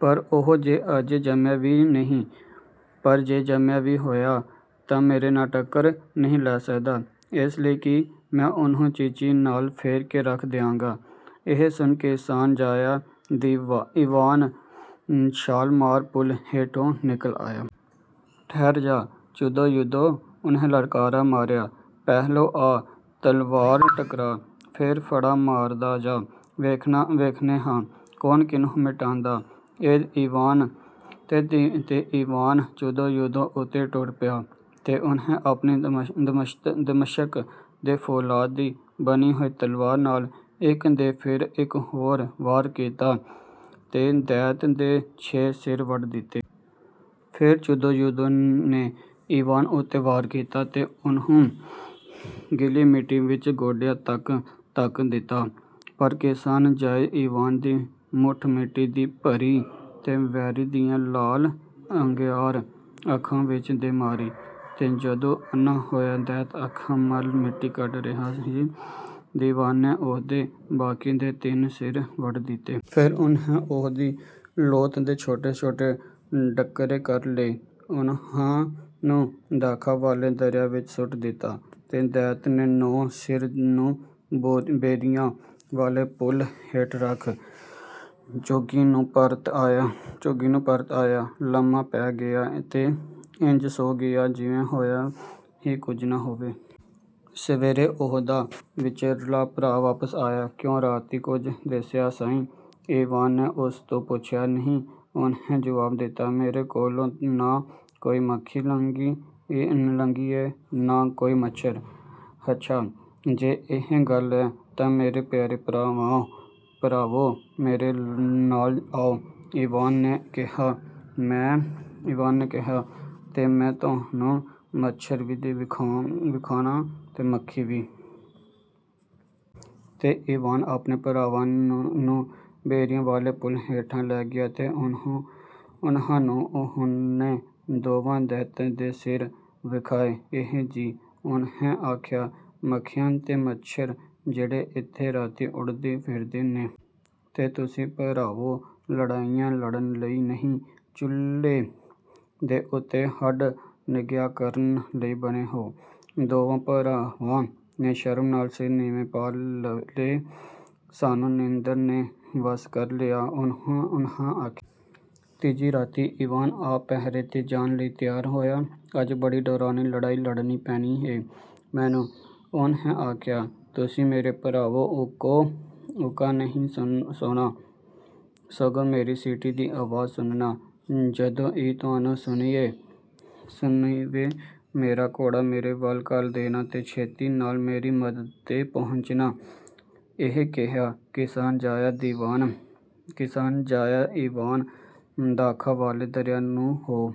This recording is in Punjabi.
"ਪਰ ਉਹ ਤਾਂ ਅਜੇ ਜੰਮਿਆ ਈ ਨਹੀਂ, ਪਰ ਜੇ ਜੰਮਿਆ ਵੀ ਹੋਇਐ, ਤਾਂ ਮੇਰੇ ਨਾਲ ਉਹ ਟੱਕਰ ਨਹੀਂ ਲੈ ਸਕਦਾ, ਏਸ ਲਈ ਕਿ ਮੈਂ ਉਹਨੂੰ ਚੀਚੀ ਨਾਲ ਫੇਹ ਕੇ ਰੱਖ ਦਿਆਂਗਾ।" ਇਹ ਸੁਣ ਕਿਸਾਨ-ਜਾਇਆ ਈਵਾਨ ਛਾਲ ਮਾਰ ਪੁਲ ਹੇਠੋਂ ਨਿਕਲ ਆਇਆ। "ਠਹਿਰ ਜਾ, ਚੁਦੋ-ਯੁਦੋ!" ਉਹਨੇ ਲਲਕਾਰਾ ਮਾਰਿਆ। "ਪਹਿਲੋਂ ਆ, ਤਲਵਾਰ ਟਕਰਾ, ਫੇਰ ਫੜਾਂ ਮਾਰਦਾ ਜਾ। ਵੇਖਣੇ ਹਾਂ, ਕੌਣ ਕਿਹਨੂੰ ਮਿਟਾਂਦੈ!"ਤੇ ਈਵਾਨ ਚੁਦੋ-ਯੁਦੋ ਉੱਤੇ ਟੁੱਟ ਪਿਆ, ਤੇ ਉਹਨੇ ਆਪਣੀ ਦਮਸ਼ਕ ਦੇ ਫ਼ੌਲਾਦ ਦੀ ਬਣੀ ਹੋਈ ਤਲਵਾਰ ਨਾਲ, ਇੱਕ ਤੇ ਫੇਰ ਇੱਕ ਹੋਰ, ਵਾਰ ਕੀਤਾ, ਤੇ ਦੈਂਤ ਦੇ ਛੇ ਸਿਰ ਵੱਢ ਦਿੱਤੇ। ਫੇਰ ਚੁਦੋ-ਯੁਦੋ ਨੇ ਈਵਾਨ ਉੱਤੇ ਵਾਰ ਕੀਤਾ ਤੇ ਉਹਨੂੰ ਗਿੱਲੀ ਮਿੱਟੀ ਵਿੱਚ ਗੋਡਿਆਂ ਤੱਕ ਧੱਕ ਦਿੱਤਾ। ਪਰ ਕਿਸਾਨ-ਜਾਏ ਈਵਾਨ ਨੇ ਮੁੱਠ ਮਿੱਟੀ ਦੀ ਭਰੀ ਤੇ ਵੈਰੀ ਦੀਆਂ ਲਾਲ-ਅੰਗਿਆਰ ਅੱਖਾਂ ਵਿੱਚ ਦੇ ਮਾਰੀ, ਤੇ ਜਦੋਂ ਅੰਨ੍ਹਾ ਹੋਇਆ ਦੈਂਤ ਅੱਖਾਂ ਮਲ ਮਿੱਟੀ ਕੱਢ ਰਿਹਾ ਸੀ, ਈਵਾਨ ਨੇ ਉਹਦੇ ਬਾਕੀ ਦੇ ਤਿੰਨ ਸਿਰ ਵੀ ਵੱਢ ਦਿੱਤੇ। ਫੇਰ ਉਹਨੇ ਉਹਦੀ ਲੋਥ ਦੇ ਛੋਟੇ-ਛੋਟੇ ਡਕਰੇ ਕਰ ਲਏ, ਉਹਨਾਂ ਨੂੰ ਦਾਖਾਂ ਵਾਲੇ ਦਰਿਆ ਵਿੱਚ ਸੁੱਟ ਦਿੱਤਾ, ਤੇ ਦੈਂਤ ਦੇ ਨੌਂ ਸਿਰਾਂ ਨੂੰ ਬੇਰੀਆਂ ਵਾਲੇ ਪੁਲ ਹੇਠ ਰੱਖ, ਝੁੱਗੀ ਨੂੰ ਪਰਤ ਆਇਆ, ਲੰਮਾ ਪੈ ਗਿਆ ਤੇ ਇੰਜ ਸੌਂ ਗਿਆ, ਜਿਵੇਂ ਹੋਇਆ ਹੀ ਕੁਝ ਨਾ ਹੋਵੇ। ਸਵੇਰੇ ਉਹਦਾ ਵਿਚਲਾ ਭਰਾ ਵਾਪਸ ਆਇਆ। "ਕਿਉਂ, ਰਾਤੀਂ ਕੁਝ ਦਿਸਿਆ ਸਾਈ?" ਈਵਾਨ ਨੇ ਉਸ ਤੋਂ ਪੁੱਛਿਆ। "ਨਹੀਂ," ਉਹਨੇ ਜਵਾਬ ਦਿੱਤਾ। "ਮੇਰੇ ਕੋਲੋਂ ਨਾ ਕੋਈ ਮੱਖੀ ਲੰਘੀ ਏ, ਨਾ ਕੋਈ ਮੱਛਰ।" "ਹੱਛਾ, ਜੇ ਇਹ ਗੱਲ ਏ, ਤਾਂ, ਮੇਰੇ ਪਿਆਰੇ ਭਰਾਵੋ, ਮੇਰੇ ਨਾਲ ਆਓ," ਈਵਾਨ ਨੇ ਕਿਹਾ, "ਤੇ ਮੈਂ ਤੁਹਾਨੂੰ ਮੱਛਰ ਵੀ ਵਿਖਾਨਾਂ ਤੇ ਮੱਖੀ ਵੀ।" ਤੇ ਈਵਾਨ ਆਪਣੇ ਭਰਾਵਾਂ ਨੂੰ ਬੇਰੀਆਂ ਵਾਲੇ ਪੁਲ ਹੇਠਾਂ ਲੈ ਗਿਆ ਤੇ ਉਹਨਾਂ ਨੂੰ ਉਹਨੇ ਦੋਵਾਂ ਦੈਤਾਂ ਦੇ ਸਿਰ ਵਿਖਾਏ। "ਇਹ ਜੇ," ਉਹਨੇ ਆਖਿਆ, "ਮੱਖੀਆਂ ਤੇ ਮੱਛਰ ਜਿਹੜੇ ਏਥੇ ਰਾਤੀਂ ਉਡਦੇ ਫਿਰਦੇ ਨੇ। ਤੇ ਤੁਸੀਂ, ਭਰਾਵੋ, ਲੜਾਈਆਂ ਲੜਨ ਲਈ ਨਹੀਂ, ਚੁੱਲ੍ਹੇ ਦੇ ਉੱਤੇ ਹੱਡ ਨਿੱਘਿਆਂ ਕਰਨ ਲਈ ਬਣੇ ਹੋ।" ਦੋਵਾਂ ਭਰਾਵਾਂ ਨੇ ਸ਼ਰਮ ਨਾਲ ਸਿਰ ਨੀਵੇਂ ਪਾ ਲਏ। "ਸਾਨੂੰ ਨੀਂਦਰ ਨੇ ਵੱਸ ਕਰ ਲਿਆ," ਉਹਨਾਂ ਆਖਿਆ। ਤੀਜੀ ਰਾਤੀਂ ਈਵਾਨ ਆਪ ਪਹਿਰੇ 'ਤੇ ਜਾਣ ਲਈ ਤਿਆਰ ਹੋਇਆ। "ਅੱਜ ਬੜੀ ਡਰਾਉਣੀ ਲੜਾਈ ਲੜਨੀ ਪੈਣੀ ਏ ਮੈਨੂੰ," ਉਹਨੇ ਆਖਿਆ। "ਤੁਸੀਂ, ਮੇਰੇ ਭਰਾਵੋ, ਉਕਾ ਨਹੀਂ ਸੌਣਾ, ਸਗੋਂ ਮੇਰੀ ਸੀਟੀ ਦੀ ਆਵਾਜ਼ ਸੁਣਨਾ। ਜਦੋਂ ਈ ਤੁਹਾਨੂੰ ਸੁਣੀਵੇ, ਮੇਰਾ ਘੋੜਾ ਮੇਰੇ ਵੱਲ ਘੱਲ ਦੇਣਾ ਤੇ ਛੇਤੀ ਨਾਲ ਮੇਰੀ ਮਦਦ 'ਤੇ ਪਹੁੰਚਣਾ।" ਇਹ ਕਹਿ, ਕਿਸਾਨ-ਜਾਇਆ ਈਵਾਨ ਦਾਖਾਂ ਵਾਲੇ ਦਰਿਆ ਨੂੰ ਹੋ